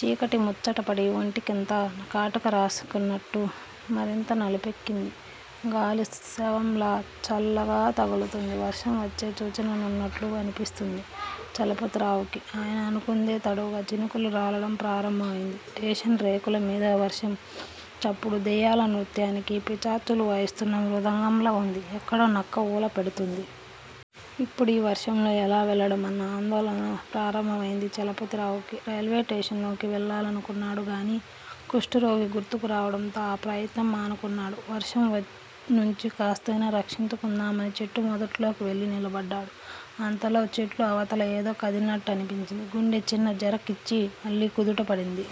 చీకటి ముచ్చటపడి ఒంటికంతా కాటుక రాసుకున్నట్టు మరింత నలుపెక్కింది. గాలి శవంలా చల్లగా తగులుతోంది. వర్షం వచ్చే సూచనలున్నట్టు అనిపించింది చలపతిరావుకి. ఆయన అనుకుందే తడవుగా చినుకులు రాలడం ప్రారంభమైంది. స్టేషన్ రేకులమీద వర్షం చప్పుడు దెయ్యాల నృత్యానికి పిశాచాలు వాయిస్తున్న మృదంగంలా వుంది. ఎక్కడో నక్క ఊళ పెడుతోంది. ఇప్పుడీ వర్షంలో ఎలా వెళ్లడం అన్న ఆందోళన ప్రారంభమైంది చలపతిరావుకి. రైల్వేస్టేషన్ లోకి వెళ్ళాలనుకున్నాడుగానీ కుష్టురోగి గుర్తుకు రావడంతో ఆ ప్రయత్నం మానుకున్నాడు. వర్షం నుంచి కాస్తయినా రక్షించుకుందామని చెట్టు మొదట్లో కెళ్ళి నిలబడ్డాడు. అంతలో చెట్టు అవతల ఏదో కదిలినట్టనిపించి, గుండె చిన్న జర్క్ ఇచ్చి మళ్ళీ కుదుటపడింది.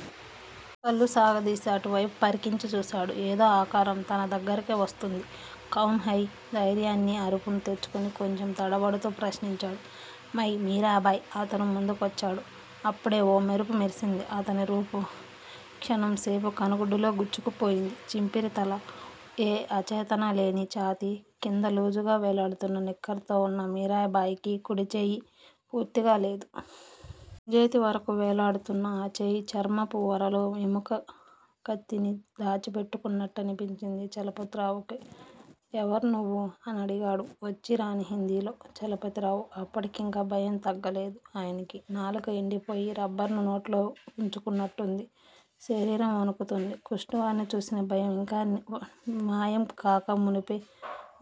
కళ్ళు సాగదీసి అటువేపు పరికించి చూశాడు. ఏదో ఆకారం తన దగ్గరకే వస్తోంది. కౌన్ హై? ధైర్యాన్ని అరువు తెచ్చుకొని కొంచెం తడబడుతూ ప్రశ్నించాడు. మై- మీరాభాయ్ అతను ముందుకొచ్చాడు. అప్పుడే ఓ మెరుపు మెరిసింది. అతని రూపు క్షణంసేపు కనుగుడ్డులో గుచ్చుకుపోయింది. చింపిరితల, ఏ ఆచ్చాదనాలేని ఛాతీ, కింద లాజుగా వేలాడుతున్న నిక్కర్ తో వున్న మీరాభాయ్ కి కుడిచెయ్యి పూర్తిగా లేదు. ముంజేతి వరకు వేలాడుతున్న ఆ చెయ్యి చర్మపు ఒరలో ఎముక కత్తిని దాచిపెట్టుకున్నట్టనిపించింది చలపతిరావుకి. ఎవర్నువ్వు? అనడిగాడు వచ్చీ రాణి హిందీలో చలపతిరావు. అప్పటికింకా భయం తగ్గలేదు ఆయనకి. నాలుక ఎండిపోయి రబ్బర్ ను నోట్లో వుంచుకున్నట్టుంది. శరీరం వణుకుతోంది. కుష్టువాడ్ని చూసిన భయం ఇంకా మాయం కాక మునుపే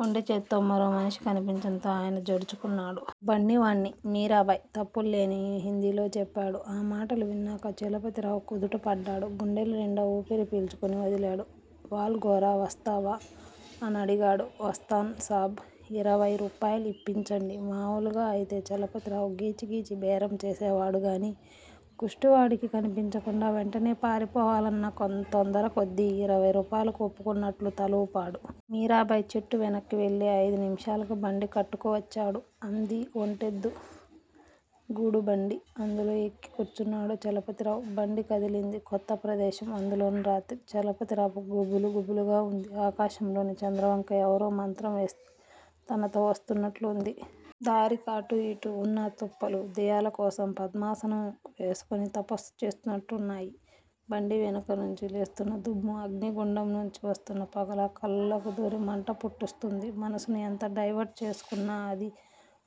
ఒంటిచేత్తో మరో మనిషి కనిపించడంతో ఆయన జడుచుకున్నాడు. నేను బండివాడ్ని మీరాభాయ్ తప్పుల్లేని హిందీలో చెప్పాడు. ఆ మాటలు విన్నాక చలపతిరావు కుదుటపడ్డాడు. గుండెల్నిండా ఊపిరి పీల్చుకొని వదిలి- వాల్ ఘెరా వస్తావా? అనడిగాడు. వస్తాయన్ సాబ్- ఇరవయ్ రూపాయలిప్పించండి మామూలుగా అయితే చలపతిరావు గీచిగీచి బేరం చేసేవాడేగానీ కుష్టువాడికి కనిపించకుండా వెంటనే పారిపోవాలన్న తొందరకొద్దీ ఇరవై రూపాయలకు ఒప్పుకున్నట్టు తలూపాడు. మీరాభాయ్ చెట్టు వెనక్కి వెళ్ళి ఐదు నిమిషాలకి బండి కట్టుకు వచ్చాడు. అంది ఒంటెద్దు గూడుబండి. అందులో ఎక్కి కూర్చున్నాడు చలపతిరావు. బండి కదిలింది. కొత్త ప్రదేశం- అందులోనూ రాత్రి- చలపతిరావుకి గుబులు- గుబులుగా వుంది. ఆకాశంలోని చంద్రవంక ఎవరో మంత్రంవేస్తే తనతోపాటు వస్తున్నట్లు వుంది. దారికి అటూ ఇటూ వున్న తుప్పలు దెయ్యాల కోసం పద్మాసనం వేసుకొని తపస్సు చేస్తున్నట్టున్నాయి. బండి వెనుక నుంచి లేస్తున్న దుమ్ము అగ్నిగుండం నుంచి వస్తున్న పొగలా కళ్ళల్లో దూరి మంట పుట్టిస్తోంది. మనసుని ఎంత డైవర్ట్ చేసుకుంటున్నా అది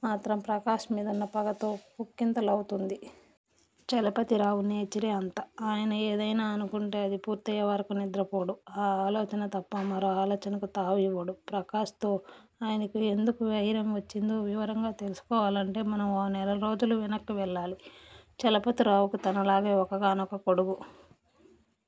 మాత్రం ప్రకాష్ మీదున్న పగతో పుక్కింతలవుతోంది. చలపతిరావు నేచురే అంత. ఆయన ఏదయినా అనుకుంటే అది పూర్తయ్యేవరకు నిద్రపోడు. ఆ ఆలోచన తప్ప మరో ఆలోచనకు తావు ఇవ్వడు. ప్రకాష్ తో ఆయనకి ఎందుకు వైరం వచ్చిందో వివరంగా తెలుసుకోవాలంటే మనం ఓ నెలరోజులు వెనక్కి వెళ్ళాలి. చలపతిరావుకి తనలాగే ఒక్కగానొక్క కొడుకు.